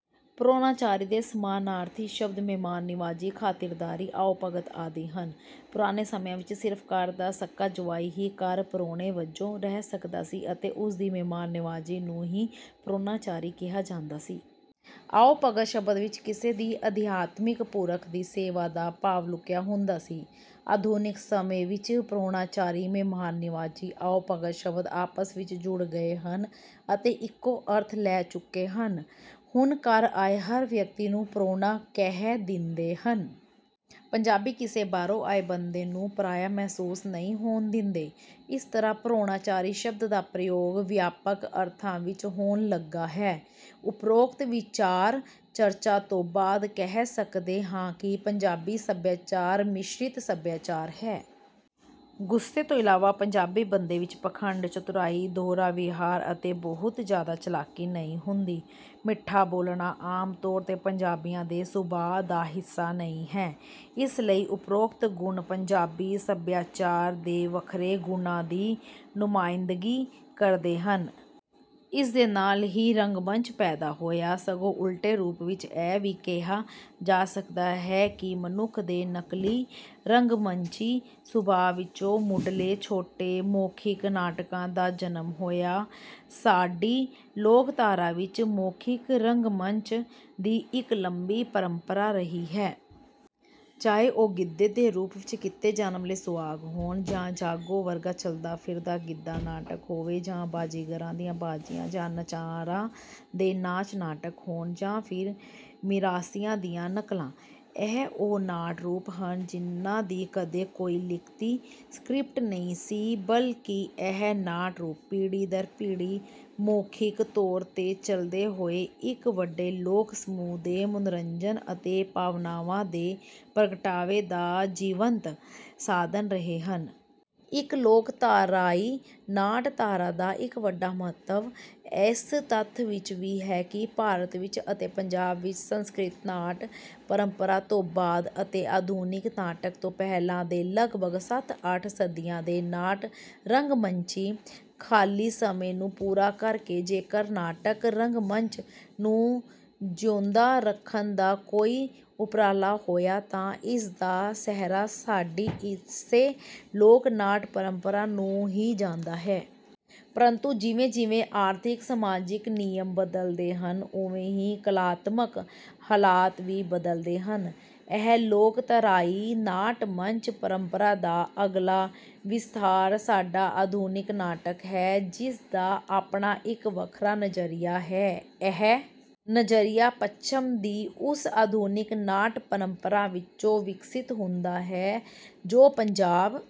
ਪ੍ਰਾਹੁਣਾਚਾਰੀ ਦੇ ਸਮਾਨਾਰਥੀ ਸ਼ਬਦ ਮਹਿਮਾਨ ਨਿਵਾਜ਼ੀ, ਖਾਤਿਰਦਾਰੀ, ਆਓ-ਭਗਤ ਆਦਿ ਹਨ। ਪੁਰਾਣੇ ਸਮਿਆਂ ਵਿੱਚ ਸਿਰਫ ਘਰ ਦਾ ਸਕਾ ਜਵਾਈ ਹੀ ਘਰ ਪ੍ਰਾਹੁਣੇ ਵਜੋਂ ਰਹਿ ਸਕਦਾ ਸੀ ਅਤੇ ਉਸਦੀ ਮਹਿਮਾਨ ਨਿਵਾਜ਼ੀ ਨੂੰ ਹੀ ਪ੍ਰਾਹੁਣਾਚਾਰੀ ਕਿਹਾ ਜਾਂਦਾ ਸੀ। ਆਓ-ਭਗਤ ਸ਼ਬਦ ਵਿੱਚ ਕਿਸੇ ਅਧਿਆਤਮਿਕ ਪੁਰਖ ਦੀ ਸੇਵਾ ਦਾ ਭਾਵ ਲੁਕਿਆ ਹੁੰਦਾ ਸੀ। ਆਧੁਨਿਕ ਸਮੇਂ ਵਿੱਚ ਪ੍ਰਾਹੁਣਾਚਾਰੀ, ਮਹਿਮਾਨ ਨਿਵਾਜ਼ੀ, ਆਓ-ਭਗਤ ਸ਼ਬਦ ਆਪਸ ਵਿੱਚ ਜੁੜ ਗਏ ਹਨ ਅਤੇ ਇੱਕੋ ਅਰਥ ਲੈ ਚੁੱਕੇ ਹਨ। ਹੁਣ ਘਰ ਆਏ ਹਰ ਵਿਅਕਤੀ ਨੂੰ ਪ੍ਰਾਹੁਣਾ ਕਹਿ ਦਿੰਦੇ ਹਨ। ਪੰਜਾਬੀ ਕਿਸੇ ਬਾਹਰੋਂ ਆਏ ਬੰਦੇ ਨੂੰ ਪਰਾਇਆ ਮਹਿਸੂਸ ਨਹੀਂ ਹੋਣ ਦਿੰਦੇ। ਇਸ ਤਰ੍ਹਾਂ ਪ੍ਰਾਹੁਣਾਚਾਰੀ ਸ਼ਬਦ ਦਾ ਪ੍ਰਯੋਗ ਵਿਆਪਕ ਅਰਥਾਂ ਵਿੱਚ ਹੋਣ ਲੱਗਾ ਹੈ। ਉਪਰੋਕਤ ਵਿਚਾਰ ਚਰਚਾ ਤੋਂ ਬਾਅਦ ਕਹਿ ਸਕਦੇ ਹਾਂ ਕਿ ਪੰਜਾਬੀ ਸਭਿਆਚਾਰ ਮਿਸ਼ਰਿਤ ਸਭਿਆਚਾਰ ਹੈ। ਗੁੱਸੇ ਤੋਂ ਇਲਾਵਾ ਪੰਜਾਬੀ ਬੰਦੇ ਵਿੱਚ ਪਖੰਡ, ਚਤੁਰਾਈ, ਦੋਹਰਾ ਵਿਹਾਰ ਅਤੇ ਬਹੁਤ ਜਿਆਦਾ ਚਾਲਾਕੀ ਨਹੀਂ ਹੁੰਦੀ। ਮਿੱਠਾ ਬੋਲਣਾ ਆਮ ਤੌਰ ਤੇ ਪੰਜਾਬੀਆਂ ਦੇ ਸੁਭਾਅ ਦਾ ਹਿੱਸਾ ਨਹੀਂ ਹੈ। ਇਸ ਲਈ ਉਪਰੋਕਤ ਗੁਣ ਪੰਜਾਬੀ ਸਭਿਆਚਾਰ ਦੇ ਵੱਖਰੇ ਗੁਣਾਂ ਦੀ ਨੁਮਾਇੰਦਗੀ ਕਰਦੇ ਹਨ। ਇਸ ਦੇ ਨਾਲ ਹੀ ਰੰਗਮੰਚ ਪੈਦਾ ਹੋਇਆ। ਸਗੋਂ ਉਲਟੇ ਰੂਪ ਵਿੱਚ ਇਹ ਵੀ ਕਿਹਾ ਜਾ ਸਕਦਾ ਹੈ ਕਿ ਮਨੁੱਖ ਦੇ ਨਕਲੀ ਰੰਗਮੰਚੀ ਸੁਭਾਅ ਵਿੱਚੋਂ ਮੁੱਢਲੇ ਛੋਟੇ ਮੌਖਿਕ ਨਾਟਕਾਂ ਦਾ ਜਨਮ ਹੋਇਆ। ਸਾਡੀ ਲੋਕਧਾਰਾ ਵਿੱਚ ਮੌਖਿਕ ਰੰਗਮੰਚ ਦੀ ਇੱਕ ਲੰਮੀ ਪਰੰਪਰਾ ਰਹੀ ਹੈ। ਚਾਹੇ ਉਹ ਗਿੱਧੇ ਦੇ ਰੂਪ ਵਿੱਚ ਕੀਤੇ ਜਾਣ ਵਾਲੇ ਸੁਆਂਗ ਹੋਣ, ਜਾਂ ਜਾਗੋ ਵਰਗਾ ਚਲਦਾ ਫਿਰਦਾ ਗਿੱਧਾ-ਨਾਟਕ ਹੋਵੇ ਜਾਂ ਬਾਜੀਗਰਾਂ ਦੀਆਂ ਬਾਜੀਆਂ ਜਾਂ ਨਚਾਰਾਂ ਦੇ ਨਾਚ-ਨਾਟਕ ਹੋਣ ਜਾਂ ਫਿਰ ਮਿਰਾਸੀਆਂ ਦੀਆਂ ਨਕਲਾਂ। ਇਹ ਉਹ ਨਾਟ ਰੂਪ ਹਨ ਜਿਨ੍ਹਾਂ ਦੀ ਕਦੇ ਕੋਈ ਲਿਖਤੀ ਸਕ੍ਰਿਪਟ ਨਹੀਂ ਸੀ, ਬਲਕਿ ਇਹ ਨਾਟ-ਰੂਪ ਪੀੜ੍ਹੀ-ਦਰ-ਪੀੜ੍ਹੀ ਮੌਖਿਕ ਤੌਰ ਤੇ ਚਲਦੇ ਹੋਏ ਇੱਕ ਵੱਡੇ ਲੋਕ ਸਮੂਹ ਦੇ ਮਨੋਰੰਜਨ ਅਤੇ ਭਾਵਨਾਵਾਂ ਦੇ ਪ੍ਰਗਟਾਵੇ ਦਾ ਜੀਵੰਤ ਸਾਧਨ ਰਹੇ ਹਨ। ਇੱਕ ਲੋਕਧਾਰਾਈ ਨਾਟ ਧਾਰਾ ਦਾ ਇੱਕ ਵੱਡਾ ਮਹੱਤਵ ਇਸ ਤੱਥ ਵਿੱਚ ਵੀ ਹੈ ਕਿ ਭਾਰਤ ਵਿੱਚ ਅਤੇ ਪੰਜਾਬ ਵਿੱਚ ਸੰਸਕ੍ਰਿਤ ਨਾਟ ਪਰੰਪਰਾ ਤੋਂ ਬਾਅਦ ਅਤੇ ਆਧੁਨਿਕ ਨਾਟਕ ਤੋਂ ਪਹਿਲਾਂ ਦੇ ਲਗਭਗ ਸੱਤ-ਅੱਠ ਸਦੀਆਂ ਦੇ ਨਾਟ-ਰੰਗਮੰਚੀ ਖਾਲੀ ਸਮੇਂ ਨੂੰ ਪੂਰਾ ਕਰਕੇ ਜੇਕਰ ਨਾਟਕ ਰੰਗਮੰਚ ਨੂੰ ਜਿਉਂਦਾ ਰੱਖਣ ਦਾ ਕੋਈ ਉਪਰਾਲਾ ਹੋਇਆ ਤਾਂ ਇਸ ਦਾ ਸਿਹਰਾ ਸਾਡੀ ਇਸੇ ਲੋਕ ਨਾਟ ਪਰੰਪਰਾ ਨੂੰ ਹੀ ਜਾਂਦਾ ਹੈ। ਪਰੰਤੂ ਜਿਵੇਂ ਜਿਵੇਂ ਆਰਥਿਕ-ਸਮਾਜਿਕ ਨਿਯਮ ਬਦਲਦੇ ਹਨ ਉਵੇਂ ਹੀ ਕਲਾਤਮਕ ਹਾਲਾਤ ਵੀ ਬਦਲਦੇ ਹਨ। ਇਹ ਲੋਕਧਾਰਾਈ ਨਾਟ-ਮੰਚ ਪਰੰਪਰਾ ਦਾ ਅਗਲਾ ਵਿਸਥਾਰ ਸਾਡਾ ਆਧੁਨਿਕ ਨਾਟਕ ਹੈ ਜਿਸ ਦਾ ਆਪਣਾ ਇੱਕ ਵੱਖਰਾ ਨਜ਼ਰੀਆ ਹੈ। ਇਹ ਨਜ਼ਰੀਆ ਪੱਛਮ ਦੀ ਉਸ ਆਧੁਨਿਕ ਨਾਟ-ਪਰੰਪਰਾ ਵਿੱਚੋਂ ਵਿਕਸਿਤ ਹੁੰਦਾ ਹੈ ਜੋ ਪੰਜਾਬ